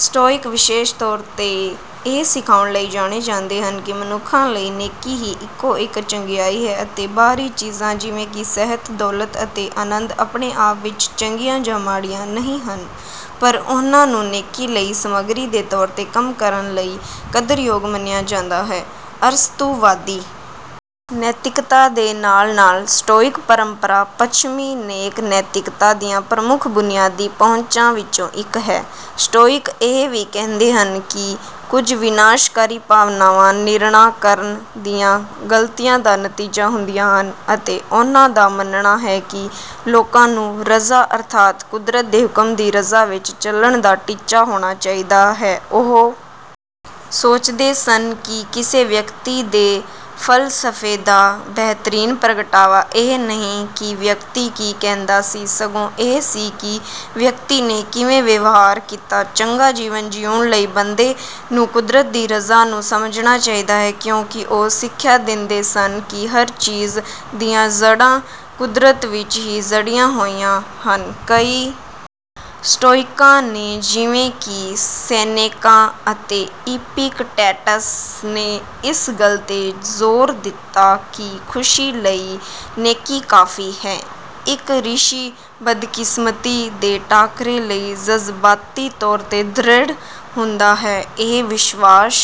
Stoic ਵਿਸ਼ੇਸ਼ ਤੌਰ ’ਤੇ ਇਹ ਸਿਖਾਉਣ ਲਈ ਜਾਣੇ ਜਾਂਦੇ ਹਨ ਕਿ ਮਨੁੱਖਾਂ ਲਈ “ਨੇਕੀ ਹੀ ਇਕੋ-ਇੱਕ ਚੰਗਿਆਈ ਹੈ” ਅਤੇ ਬਾਹਰੀ ਚੀਜ਼ਾਂ, ਜਿਵੇਂ ਕਿ ਸਿਹਤ, ਦੌਲਤ ਅਤੇ ਅਨੰਦ, ਆਪਣੇ ਆਪ ਵਿੱਚ ਚੰਗੀਆਂ ਜਾਂ ਮਾੜੀਆਂ ਨਹੀਂ ਹਨ, ਪਰ ਉਨ੍ਹਾਂ ਨੂੰ “ਨੇਕੀ ਲਈ ਸਮੱਗਰੀ ਦੇ ਤੌਰ ’ਤੇ ਕੰਮ ਕਰਨ” ਲਈ ਕਦਰਯੋਗ ਮੰਨਿਆ ਜਾਂਦਾ ਹੈ। ਅਰਸਤੂਵਾਦੀ ਨੈਤਿਕਤਾ ਦੇ ਨਾਲ-ਨਾਲ, ਸਟੋਇਕ ਪਰੰਪਰਾ ਪੱਛਮੀ ਨੇਕ ਨੈਤਿਕਤਾ ਦੀਆਂ ਪ੍ਰਮੁੱਖ ਬੁਨਿਆਦੀ ਪਹੁੰਚਾਂ ਵਿੱਚੋਂ ਇੱਕ ਹੈ। ਸਟੋਇਕ ਇਹ ਵੀ ਕਹਿੰਦੇ ਹਨ ਕਿ ਕੁਝ ਵਿਨਾਸ਼ਕਾਰੀ ਭਾਵਨਾਵਾਂ ਨਿਰਣਾ ਕਰਨ ਦੀਆਂ ਗਲਤੀਆਂ ਦਾ ਨਤੀਜਾ ਹੁੰਦੀਆਂ ਹਨ ਅਤੇ ਉਹਨਾਂ ਦਾ ਮੰਨਣਾ ਹੈ ਕਿ ਲੋਕਾਂ ਨੂੰ ਰਜ਼ਾ, ਅਰਥਾਤ “ਕੁਦਰਤ ਦੇ ਹੁਕਮ ਦੀ ਰਜ਼ਾ ਵਿੱਚ” ਚੱਲਣ ਦਾ ਟੀਚਾ ਹੋਣਾ ਚਾਹੀਦਾ ਹੈ। ਉਹ ਸੋਚਦੇ ਸਨ ਕਿ ਕਿਸੇ ਵਿਅਕਤੀ ਦੇ ਫ਼ਲਸਫ਼ੇ ਦਾ ਬਿਹਤਰੀਨ ਪ੍ਰਗਟਾਵਾ ਇਹ ਨਹੀਂ ਕਿ ਵਿਅਕਤੀ ਕੀ ਕਹਿੰਦਾ ਸੀ, ਸਗੋਂ ਇਹ ਸੀ ਕਿ ਵਿਅਕਤੀ ਨੇ ਕਿਵੇਂ ਵਿਵਹਾਰ ਕੀਤਾ। ਚੰਗਾ ਜੀਵਨ ਜੀਉਣ ਲਈ ਬੰਦੇ ਨੂੰ ਕੁਦਰਤ ਦੀ ਰਜ਼ਾ ਨੂੰ ਸਮਝਣਾ ਚਾਹੀਦਾ ਹੈ, ਕਿਉਂਕਿ ਉਹ ਸਿੱਖਿਆ ਦਿੰਦੇ ਸਨ ਕਿ ਹਰ ਚੀਜ਼ ਦੀਆਂ ਜੜ੍ਹਾਂ ਕੁਦਰਤ ਵਿੱਚ ਹੀ ਜੜ੍ਹੀਆਂ ਹੋਈਆਂ ਹਨ। ਕਈ ਸਟੋਇਕਾਂ ਨੇ, ਜਿਵੇਂ ਕਿ ਸੇਨੇਕਾ ਅਤੇ ਇਪਿਕਟੇਟਸ ਨੇ, ਇਸ ਗੱਲ ’ਤੇ ਜ਼ੋਰ ਦਿੱਤਾ ਕਿ “ਖੁਸ਼ੀ ਲਈ ਨੇਕੀ ਕਾਫ਼ੀ ਹੈ।” ਇੱਕ ਰਿਸ਼ੀ ਬਦਕਿਸਮਤੀ ਦੇ ਟਾਕਰੇ ਲਈ ਜਜ਼ਬਾਤੀ ਤੌਰ ’ਤੇ ਦ੍ਰਿੜ੍ਹ ਹੁੰਦਾ ਹੈ। ਇਹ ਵਿਸ਼ਵਾਸ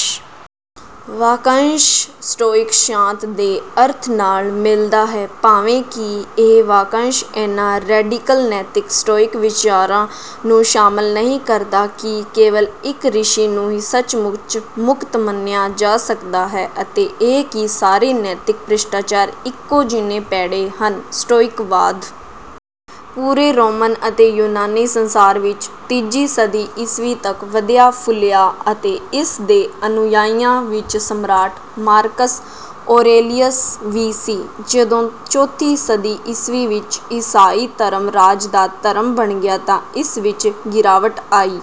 ਵਾਕੰਸ਼ “ਸਟੋਇਕ ਸ਼ਾਂਤ” ਦੇ ਅਰਥ ਨਾਲ ਮਿਲਦਾ ਹੈ, ਭਾਵੇਂ ਕਿ ਇਹ ਵਾਕੰਸ਼ ਇਨ੍ਹਾਂ “ਰੈਡੀਕਲ ਨੈਤਿਕ” ਸਟੋਇਕ ਵਿਚਾਰਾਂ ਨੂੰ ਸ਼ਾਮਲ ਨਹੀਂ ਕਰਦਾ ਕਿ ਕੇਵਲ ਇੱਕ ਰਿਸ਼ੀ ਨੂੰ ਹੀ ਸੱਚਮੁੱਚ ਮੁਕਤ ਮੰਨਿਆ ਜਾ ਸਕਦਾ ਹੈ ਅਤੇ ਇਹ ਕਿ ਸਾਰੇ ਨੈਤਿਕ ਭ੍ਰਿਸ਼ਟਾਚਾਰ ਇੱਕੋ ਜਿੰਨੇ ਭੈੜੇ ਹਨ। ਸਟੋਇਕਵਾਦ ਪੂਰੇ ਰੋਮਨ ਅਤੇ ਯੂਨਾਨੀ ਸੰਸਾਰ ਵਿੱਚ ਤੀਜੀ ਸਦੀ ਈਸਵੀ ਤੱਕ ਵਧਿਆ-ਫੁੱਲਿਆ ਅਤੇ ਇਸ ਦੇ ਅਨੁਯਾਈਆਂ ਵਿੱਚ ਸਮਰਾਟ ਮਾਰਕਸ ਔਰੇਲੀਅਸ ਵੀ ਸੀ। ਜਦੋਂ ਚੌਥੀ ਸਦੀ ਈਸਵੀ ਵਿੱਚ ਈਸਾਈ ਧਰਮ ਰਾਜ ਦਾ ਧਰਮ ਬਣ ਗਿਆ, ਤਾਂ ਇਸ ਵਿੱਚ ਗਿਰਾਵਟ ਆਈ।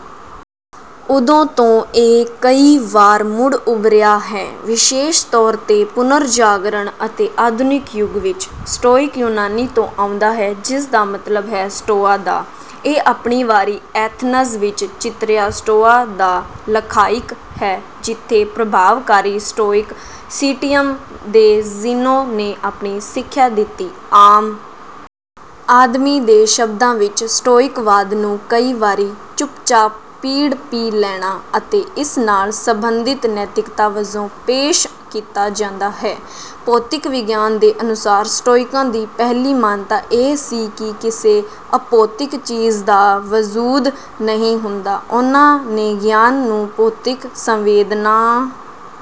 ਉਦੋਂ ਤੋਂ ਇਹ ਕਈ ਵਾਰ ਮੁੜ ਉਭਰਿਆ ਹੈ, ਵਿਸ਼ੇਸ਼ ਤੌਰ ’ਤੇ ਪੁਨਰਜਾਗਰਣ ਅਤੇ ਆਧੁਨਿਕ ਯੁੱਗ ਵਿੱਚ। ਸਟੋਇਕ ਯੂਨਾਨੀ ਤੋਂ ਆਉਂਦਾ ਹੈ, ਜਿਸ ਦਾ ਮਤਲਬ ਹੈ “ਸਟੋਆ ਦਾ”। ਇਹ ਆਪਣੀ ਵਾਰੀ ਐਥਨਜ਼ ਵਿੱਚ “ਚਿਤਰਿਆ ਸਟੋਆ” ਦਾ ਲਖਾਇਕ ਹੈ, ਜਿੱਥੇ ਪ੍ਰਭਾਵਕਾਰੀ ਸਟੋਇਕ ਸਿਟੀਅਮ ਦੇ ਜ਼ੀਨੋ ਨੇ ਆਪਣੀ ਸਿੱਖਿਆ ਦਿੱਤੀ। ਆਮ ਆਦਮੀ ਦੇ ਸ਼ਬਦਾਂ ਵਿੱਚ ਸਟੋਇਕਵਾਦ ਨੂੰ ਕਈ ਵਾਰੀ “ਚੁੱਪਚਾਪ ਪੀੜ ਪੀ ਲੈਣਾ” ਅਤੇ ਇਸ ਨਾਲ ਸੰਬੰਧਿਤ ਨੈਤਿਕਤਾ ਵਜੋਂ ਪੇਸ਼ ਕੀਤਾ ਜਾਂਦਾ ਹੈ। ਭੌਤਿਕ ਵਿਗਿਆਨ ਦੇ ਅਨੁਸਾਰ, ਸਟੋਇਕਾਂ ਦੀ ਪਹਿਲੀ ਮਾਨਤਾ ਇਹ ਸੀ ਕਿ ਕਿਸੇ ਅਭੌਤਿਕ ਚੀਜ਼ ਦਾ ਵਜੂਦ ਨਹੀਂ ਹੁੰਦਾ। ਉਨ੍ਹਾਂ ਨੇ ਗਿਆਨ ਨੂੰ ਭੌਤਿਕ ਸੰਵੇਦਨਾ…